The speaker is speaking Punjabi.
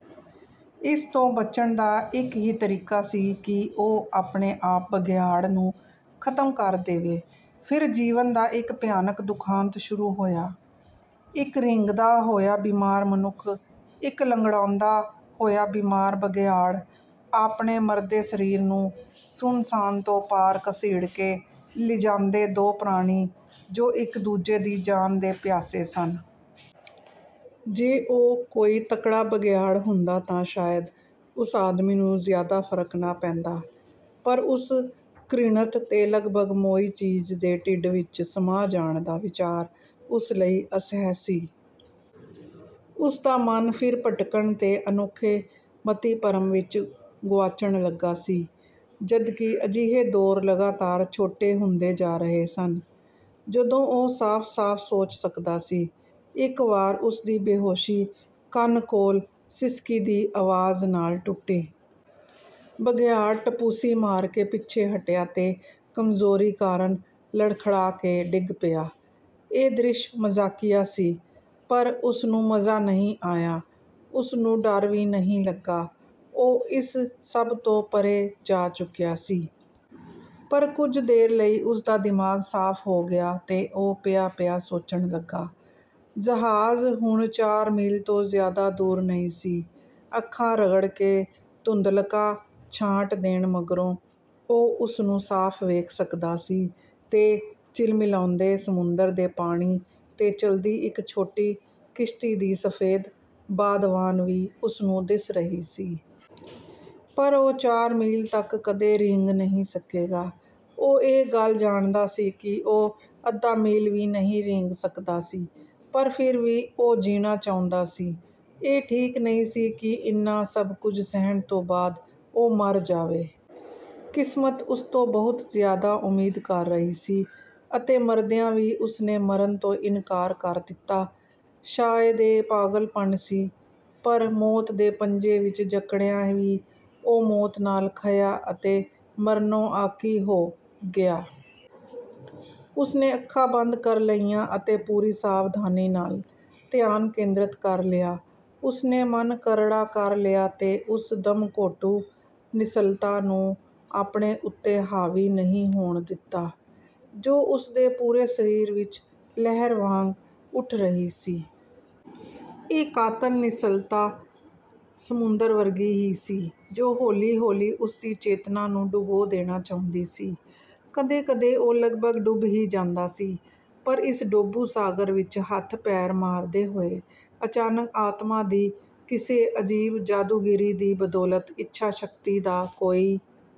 ਇਸ ਤੋਂ ਬਚਣ ਦਾ ਇੱਕ ਹੀ ਤਰੀਕਾ ਸੀ ਕਿ ਉਹ ਆਪਣੇ ਆਪ ਬਘਿਆੜ ਨੂੰ ਖਤਮ ਕਰ ਦੇਵੇ। ਫਿਰ ਜੀਵਨ ਦਾ ਇੱਕ ਭਿਆਨਕ ਦੁਖਾਂਤ ਸ਼ੁਰੂ ਹੋਇਆ – ਇੱਕ ਰੀਂਗਦਾ ਹੋਇਆ ਬਿਮਾਰ ਮਨੁੱਖ, ਇੱਕ ਲੰਗੜਾਉਂਦਾ ਹੋਇਆ ਬਿਮਾਰ ਬਘਿਆੜ, ਆਪਣੇ ਮਰਦੇ ਸਰੀਰ ਨੂੰ ਸੁੰਨ੍ਹਸਾਨ ਤੋਂ ਪਾਰ ਘਸੀੜ ਕੇ ਲਿਜਾਂਦੇ ਦੋ ਪ੍ਰਾਣੀ, ਜੋ ਇੱਕ-ਦੂਜੇ ਦੀ ਜਾਨ ਦੇ ਪਿਆਸੇ ਸਨ। ਜੇ ਉਹ ਕੋਈ ਤਕੜਾ ਬਘਿਆੜ ਹੁੰਦਾ ਤਾਂ ਸ਼ਾਇਦ ਉਸ ਆਦਮੀ ਨੂੰ ਜ਼ਿਆਦਾ ਫਰਕ ਨਾ ਪੈਂਦਾ, ਪਰ ਉਸ ਘ੍ਰਿਣਤ ਤੇ ਲਗਭਗ ਮੋਈ ਚੀਜ਼ ਦੇ ਢਿੱਡ ਵਿੱਚ ਸਮਾ ਜਾਣ ਦਾ ਵਿਚਾਰ ਉਸ ਲਈ ਅਸਹਿ ਸੀ। ਉਸਦਾ ਮਨ ਫਿਰ ਭਟਕਣ ਤੇ ਅਨੋਖੇ ਮਤੀਭਰਮ ਵਿੱਚ ਗੁਆਚਣ ਲੱਗਾ ਸੀ, ਜਦਕਿ ਅਜਿਹੇ ਦੌਰ ਲਗਾਤਾਰ ਛੋਟੇ ਹੁੰਦੇ ਜਾ ਰਹੇ ਸਨ, ਜਦੋਂ ਉਹ ਸਾਫ਼-ਸਾਫ਼ ਸੋਚ ਸਕਦਾ ਸੀ। ਇੱਕ ਵਾਰ ਉਸਦੀ ਬੇਹੋਸ਼ੀ ਕੰਨ ਕੋਲ ਸਿਸਕੀ ਦੀ ਅਵਾਜ਼ ਨਾਲ਼ ਟੁੱਟੀ। ਬਘਿਆੜ ਟਪੂਸੀ ਮਾਰ ਕੇ ਪਿੱਛੇ ਹਟਿਆ ਤੇ ਕਮਜ਼ੋਰੀ ਕਾਰਨ ਲੜਖੜਾਕੇ ਡਿੱਗ ਪਿਆ। ਇਹ ਦ੍ਰਿਸ਼ ਮਜ਼ਾਕੀਆ ਸੀ, ਪਰ ਉਸਨੂੰ ਮਜ਼ਾ ਨਹੀਂ ਆਇਆ। ਉਸਨੂੰ ਡਰ ਵੀ ਨਹੀਂ ਲੱਗਾ। ਉਹ ਇਸ ਸਭ ਤੋਂ ਪਰ੍ਹੇ ਜਾ ਚੁੱਕਿਆ ਸੀ। ਪਰ ਕੁੱਝ ਦੇਰ ਲਈ ਉਸਦਾ ਦਿਮਾਗ਼ ਸਾਫ਼ ਹੋ ਗਿਆ ਤੇ ਉਹ ਪਿਆ-ਪਿਆ ਸੋਚਣ ਲੱਗਾ। ਜਹਾਜ਼ ਹੁਣ ਚਾਰ ਮੀਲ ਤੋਂ ਜ਼ਿਆਦਾ ਦੂਰ ਨਹੀਂ ਸੀ। ਅੱਖਾਂ ਰਗੜਕੇ ਧੁੰਦਲ਼ਕਾ ਛਾਂਟ ਦੇਣ ਮਗਰੋਂ ਉਹ ਉਸਨੂੰ ਸਾਫ਼ ਵੇਖ ਸਕਦਾ ਸੀ ਤੇ ਝਿਲਮਿਲਾਉਂਦੇ ਸਮੁੰਦਰ ਦੇ ਪਾਣੀ 'ਤੇ ਚੱਲਦੀ ਇੱਕ ਛੋਟੀ ਕਿਸ਼ਤੀ ਦੀ ਸਫੇਦ ਬਾਦਵਾਨ ਵੀ ਉਸਨੂੰ ਦਿਸ ਰਹੀ ਸੀ। ਪਰ ਉਹ ਚਾਰ ਮੀਲ ਤੱਕ ਕਦੇ ਰੀਂਗ ਨਹੀਂ ਸਕੇਗਾ। ਉਹ ਇਹ ਗੱਲ ਜਾਣਦਾ ਸੀ ਕਿ ਉਹ ਅੱਧਾ ਮੀਲ ਵੀ ਨਹੀਂ ਰੀਂਗ ਸਕਦਾ ਸੀ। ਪਰ ਫਿਰ ਵੀ ਉਹ ਜੀਣਾ ਚਾਹੁੰਦਾ ਸੀ। ਇਹ ਠੀਕ ਨਹੀਂ ਸੀ ਕਿ ਇੰਨਾ ਸਭ ਕੁੱਝ ਸਹਿਣ ਤੋਂ ਬਾਅਦ ਉਹ ਮਰ ਜਾਵੇ। ਕਿਸਮਤ ਉਸਤੋਂ ਬਹੁਤ ਜ਼ਿਆਦਾ ਉਮੀਦ ਕਰ ਰਹੀ ਸੀ ਅਤੇ ਮਰਦਿਆਂ ਵੀ ਉਸਨੇ ਮਰਨ ਤੋਂ ਇਨਕਾਰ ਕਰ ਦਿੱਤਾ। ਸ਼ਾਇਦ ਇਹ ਪਾਗਲਪਣ ਸੀ, ਪਰ ਮੌਤ ਦੇ ਪੰਜੇ ਵਿੱਚ ਜਕੜਿਆਂ ਵੀ ਉਹ ਮੌਤ ਨਾਲ਼ ਖਹਿਆ ਅਤੇ ਮਰਨੋਂ ਆਕੀ ਹੋ ਗਿਆ। ਉਸਨੇ ਅੱਖਾਂ ਬੰਦ ਕਰ ਲਈਆਂ ਅਤੇ ਪੂਰੀ ਸਾਵਧਾਨੀ ਨਾਲ਼ ਧਿਆਨ ਕੇਂਦਰਤ ਕਰ ਲਿਆ। ਉਸਨੇ ਮਨ ਕਰੜਾ ਕਰ ਲਿਆ ਤੇ ਉਸ ਦਮਘੋਟੂ ਨਿੱਸਲ਼ਤਾ ਨੂੰ ਆਪਣੇ ਉੱਤੇ ਹਾਵੀ ਨਹੀਂ ਹੋਣ ਦਿੱਤਾ, ਜੋ ਉਸਦੇ ਪੂਰੇ ਸਰੀਰ ਵਿੱਚ ਲਹਿਰ ਵਾਂਗ ਉੱਠ ਰਹੀ ਸੀ। ਇਹ ਕਾਤਲ ਨਿੱਸਲ਼ਤਾ ਸਮੁੰਦਰ ਵਰਗੀ ਹੀ ਸੀ, ਜੋ ਹੌਲੀ-ਹੌਲੀ ਉਸਦੀ ਚੇਤਨਾ ਨੂੰ ਡੁਬੋ ਦੇਣਾ ਚਾਹੁੰਦੀ ਸੀ। ਕਦੇ-ਕਦੇ ਉਹ ਲਗਭਗ ਡੁੱਬ ਹੀ ਜਾਂਦਾ ਸੀ; ਪਰ ਇਸ ਡੋਬੂ ਸਾਗਰ ਵਿੱਚ ਹੱਥ-ਪੈਰ ਮਾਰਦੇ ਹੋਏ ਅਚਾਨਕ ਆਤਮਾ ਦੀ ਕਿਸੇ ਅਜੀਬ ਜਾਦੂਗਿਰੀ ਦੀ ਬਦੌਲਤ ਇੱਛਾ-ਸ਼ਕਤੀ ਦਾ ਕੋਈ...